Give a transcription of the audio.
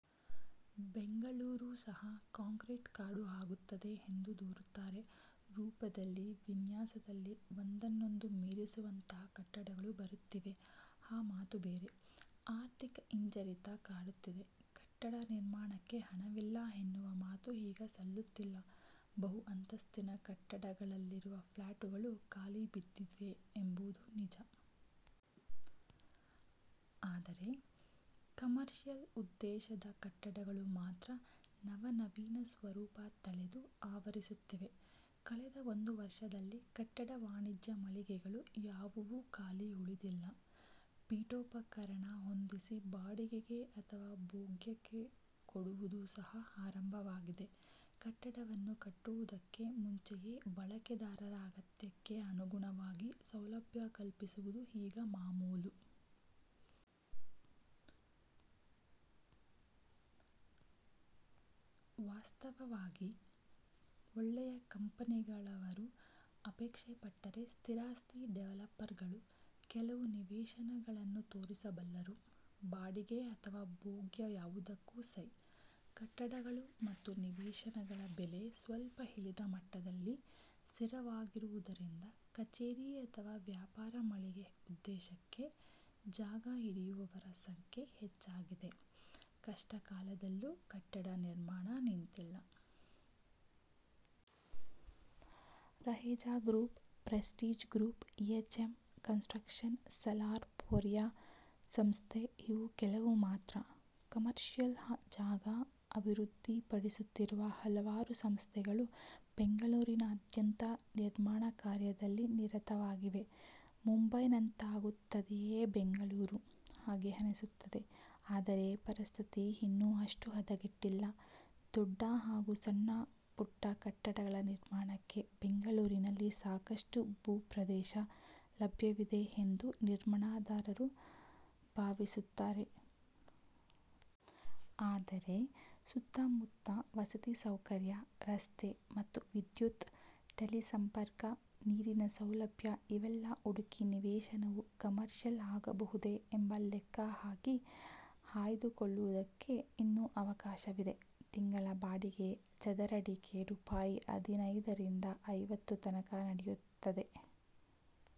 ಬೆಂಗಳೂರು ಸಹಾ ಕಾಂಕ್ರೀಟ್ ಕಾಡು ಆಗುತ್ತದೆ ಎಂದು ದೂರುತ್ತಾರೆ. ರೂಪದಲ್ಲಿ ವಿನ್ಯಾಸದಲ್ಲಿ ಒಂದನ್ನೊಂದು ಮೀರಿಸುವಂಥ ಕಟ್ಟಡಗಳು ಬರುತ್ತಿವೆ. ಆ ಮಾತು ಬೇರೆ. ಆರ್ಥಿಕ ಹಿಂಜರಿತ ಕಾಡುತ್ತಿದೆ. ಕಟ್ಟಡ ನಿರ್ಮಾಣಕ್ಕೆ ಹಣವಿಲ್ಲ ಎನ್ನುವ ಮಾತು ಈಗ ಸಲ್ಲುತ್ತಿಲ್ಲ. ಬಹು ಅಂತಸ್ತಿನ ಕಟ್ಟಡಗಳಲ್ಲಿರುವ ಫ್ಲ್ಯಾಟುಗಳು ಖಾಲಿ ಬಿದ್ದಿವೆ ಎಂಬುದು ನಿಜ. ಆದರೆ ಕಮರ್ಷಿಯಲ್ ಉದ್ದೇಶದ ಕಟ್ಟಡಗಳು ಮಾತ್ರ ನವನವೀನ ಸ್ವರೂಪ ತಳೆದು ಆವರಿಸುತ್ತಿವೆ. ಕಳೆದ ಒಂದು ವರ್ಷದಲ್ಲಿ ಕಟ್ಟಡ ವಾಣಿಜ್ಯ ಮಳಿಗೆಗಳು ಯಾವುವೂ ಖಾಲಿ ಉಳಿದಿಲ್ಲ. ಪೀಠೋಪಕರಣ ಹೊಂದಿಸಿ ಬಾಡಿಗೆಗೆ ಅಥವಾ ಭೋಗ್ಯಕ್ಕೆ ಕೊಡುವುದು ಸಹಾ ಆರಂಭವಾಗಿದೆ. ಕಟ್ಟಡವನ್ನು ಕಟ್ಟುವುದಕ್ಕೆ ಮುಂಚೆಯೇ ಬಳಕೆದಾರರ ಅಗತ್ಯಕ್ಕೆ ಅನುಗುಣವಾಗಿ ಸೌಲಭ್ಯ ಕಲ್ಪಿಸುವುದು ಈಗ ಮಾಮೂಲು. ವಾಸ್ತವವಾಗಿ ಒಳ್ಳೆಯ ಕಂಪೆನಿಗಳವರು, ಅಪೇಕ್ಷೆ ಪಟ್ಟರೆ ಸ್ಥಿರಾಸ್ತಿ ಡೆವಲಪರ್ಗಳು, ಕೆಲವು ನಿವೇಶನಗಳನ್ನು ತೋರಿಸಬಲ್ಲರು. ಬಾಡಿಗೆ ಅಥವಾ ಭೋಗ್ಯ ಯಾವುದಕ್ಕೂ ಸೈ. ಕಟ್ಟಡಗಳು ಮತ್ತು ನಿವೇಶನಗಳ ಬೆಲೆ ಸ್ವಲ್ಪ ಇಳಿದ ಮಟ್ಟದಲ್ಲಿ ಸ್ಥಿರವಾಗಿರುವುದರಿಂದ ಕಚೇರಿ ಅಥವಾ ವ್ಯಾಪಾರ ಮಳಿಗೆ ಉದ್ದೇಶಕ್ಕೆ ಜಾಗ ಹಿಡಿಯುವವರ ಸಂಖ್ಯೆ ಹೆಚ್ಚಾಗಿದೆ. ಕಷ್ಟ ಕಾಲದಲ್ಲೂ ಕಟ್ಟಡ ನಿರ್ಮಾಣ ನಿಂತಿಲ್ಲ. Raheja group, Prestige group, H M construction, Salarpuria ಸಂಸ್ಥೆ ಇವು ಕೆಲವು ಮಾತ್ರ. ಕಮರ್ಷಿಯಲ್ ಜಾಗ ಅಭಿವೃದ್ಧಿಪಡಿಸುತ್ತಿರುವ ಹಲವಾರು ಸಂಸ್ಥೆಗಳು ಬೆಂಗಳೂರಿನಾದ್ಯಂತ ನಿರ್ಮಾಣ ಕಾರ್ಯದಲ್ಲಿ ನಿರತವಾಗಿವೆ. ಮುಂಬೈನಂತಾಗುತ್ತದೆಯೆ ಬೆಂಗಳೂರು? ಹಾಗೆ ಅನಿಸುತ್ತದೆ. ಆದರೆ ಪರಿಸ್ಥಿತಿ ಇನ್ನೂ ಅಷ್ಟು ಹದಗೆಟ್ಟಿಲ್ಲ. ದೊಡ್ಡ ಹಾಗೂ ಸಣ್ಣ ಪುಟ್ಟ ಕಟ್ಟಡಗಳ ನಿರ್ಮಾಣಕ್ಕೆ ಬೆಂಗಳೂರಿನಲ್ಲಿ ಸಾಕಷ್ಟು ಭೂಪ್ರದೇಶ ಲಭ್ಯವಿದೆ ಎಂದೇ ನಿರ್ಮಾಣದಾರರು ಭಾವಿಸುತ್ತಾರೆ. ಆದರೆ ಸುತ್ತ ಮುತ್ತ ವಸತಿ ಸೌಕರ್ಯ, ರಸ್ತೆ ಮತ್ತು ವಿದ್ಯುತ್ತು, ಟೆಲಿಸಂಪರ್ಕ, ನೀರಿನ ಸೌಲಭ್ಯ ಇವೆಲ್ಲ ಹುಡುಕಿ ನಿವೇಶನವು ಕಮರ್ಷಿಯಲ್ ಆಗಬಹುದೇ ಎಂದು ಲೆಕ್ಕ ಹಾಕಿ ಆಯ್ದು ಕೊಳ್ಳುವುದಕ್ಕೆ ಇನ್ನೂ ಅವಕಾಶವಿದೆ. ತಿಂಗಳ ಬಾಡಿಗೆ ಚದರಡಿಗೆ ರೂಪಾಯಿ ಹದಿನೈದರಿಂದ ಐವತ್ತು ತನಕ ನಡೆಯುತ್ತದೆ.